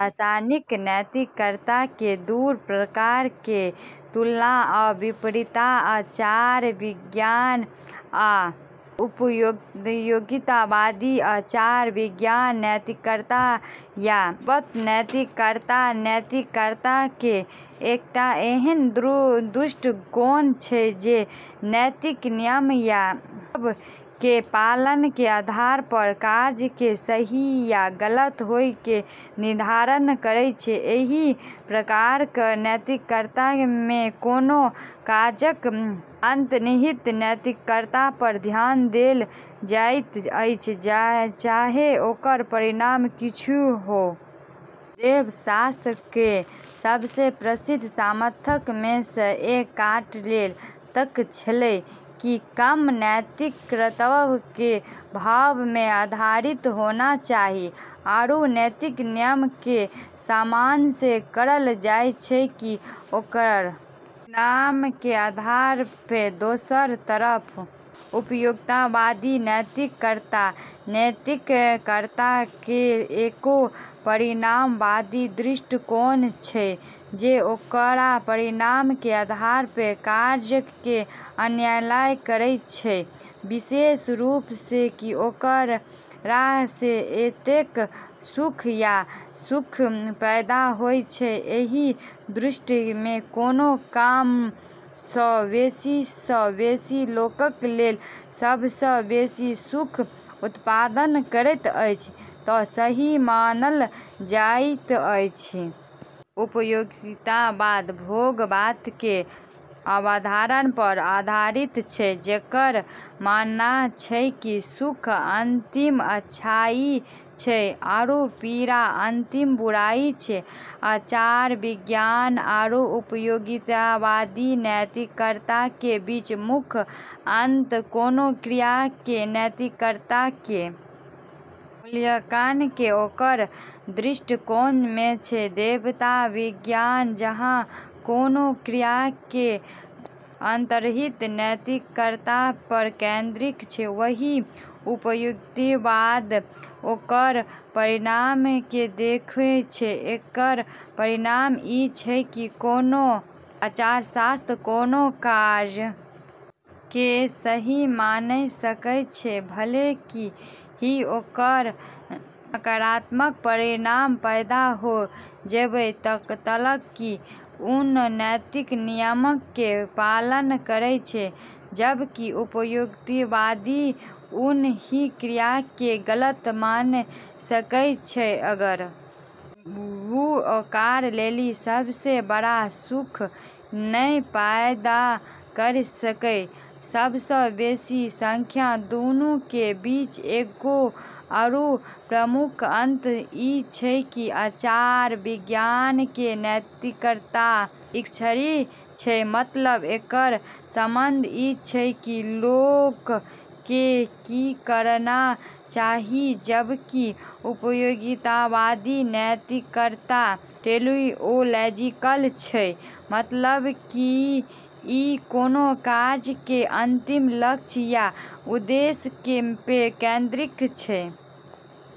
दार्शनिक नैतिकता के दू प्रकार के तुलना आ विपरीतता आचार-विज्ञान आ उपयोगितावादी आचार-विज्ञानक नैतिकता या कर्तव्य नैतिकता नैतिकता के एकटा एहन दृष्टिकोण छै जे नैतिक नियम या कर्तव्य के पालन के आधार पर कार्य के सही या गलत होय के निर्धारण करै छै, एहि प्रकारक नैतिकता मे कोनो काजक अंतर्निहित नैतिकता पर ध्यान देल जाइत अछि, चाहे ओकर परिणाम किछुओ हो। देवशास्त्र केरऽ सबसें प्रसिद्ध समर्थकऽ मे से एक कांट केरऽ तर्क छेलै कि कर्म नैतिक कर्तव्य केरऽ भाव पे आधारित होना चाहि आरू नैतिक नियम केरऽ सम्मान से करलऽ जाय, नै कि ओकरऽ परिणाम के आधार पे, दोसरऽ तरफ उपयोगितावादी नैतिकता नैतिकता केरऽ एगो परिणामवादी दृष्टिकोण छै जे ओकरऽ परिणाम के आधार पे कार्यऽ के न्याय करै छै, विशेष रूप से कि ओकरा से कतेक सुख या सुख पैदा होय छै, एहि दृष्टि मे कोनो कर्म जँ बेसी सँ बेसी लोकक लेल सबसँ बेसी सुख उत्पन्न करैत अछि तऽ सही मानल जाइत अछि। उपयोगितावाद भोगवाद के अवधारणा पर आधारित छै जेकरऽ मानना छै कि सुख अंतिम अच्छाई छै आरू पीड़ा अंतिम बुराई छै। आचार-विज्ञान आरू उपयोगितावादी नैतिकता के बीच मुख्य अंतर कोनो क्रिया के नैतिकता के मूल्यांकन के ओकरऽ दृष्टिकोण में छै, देवता विज्ञान जहाँ कोनो क्रिया के अंतर्निहित नैतिकता पर केंद्रित छै, वहीं उपयोगितावाद ओकरऽ परिणाम के देखै छै, एकरऽ परिणाम ई छै कि कोनो आचारशास्त्री कोनो कार्य के सही माने सकै छै, भले ही ओकरऽ नकारात्मक परिणाम पैदा होय, जबे तलक कि उ नैतिक नियमऽ के पालन करै छै, जबकि उपयोगितावादी उ ही क्रिया के गलत माने सकै छै अगर वू ओकरा लेली सबसें बड़ऽ सुख नै पैदा करै छै सबसँ बेसी संख्या, दूनू के बीच एगो आरू प्रमुख अंतर ई छै कि आचार-विज्ञान के नैतिकता ईश्वरीय छै मतलब एकरऽ संबंध ई छै कि लोगऽ के की करना चाहियऽ, जबकि उपयोगितावादी नैतिकता टेलिओलॉजिकल छै, मतलब कि ई कोनो कार्य के अंतिम लक्ष्य या उद्देश्य पे केंद्रित छै।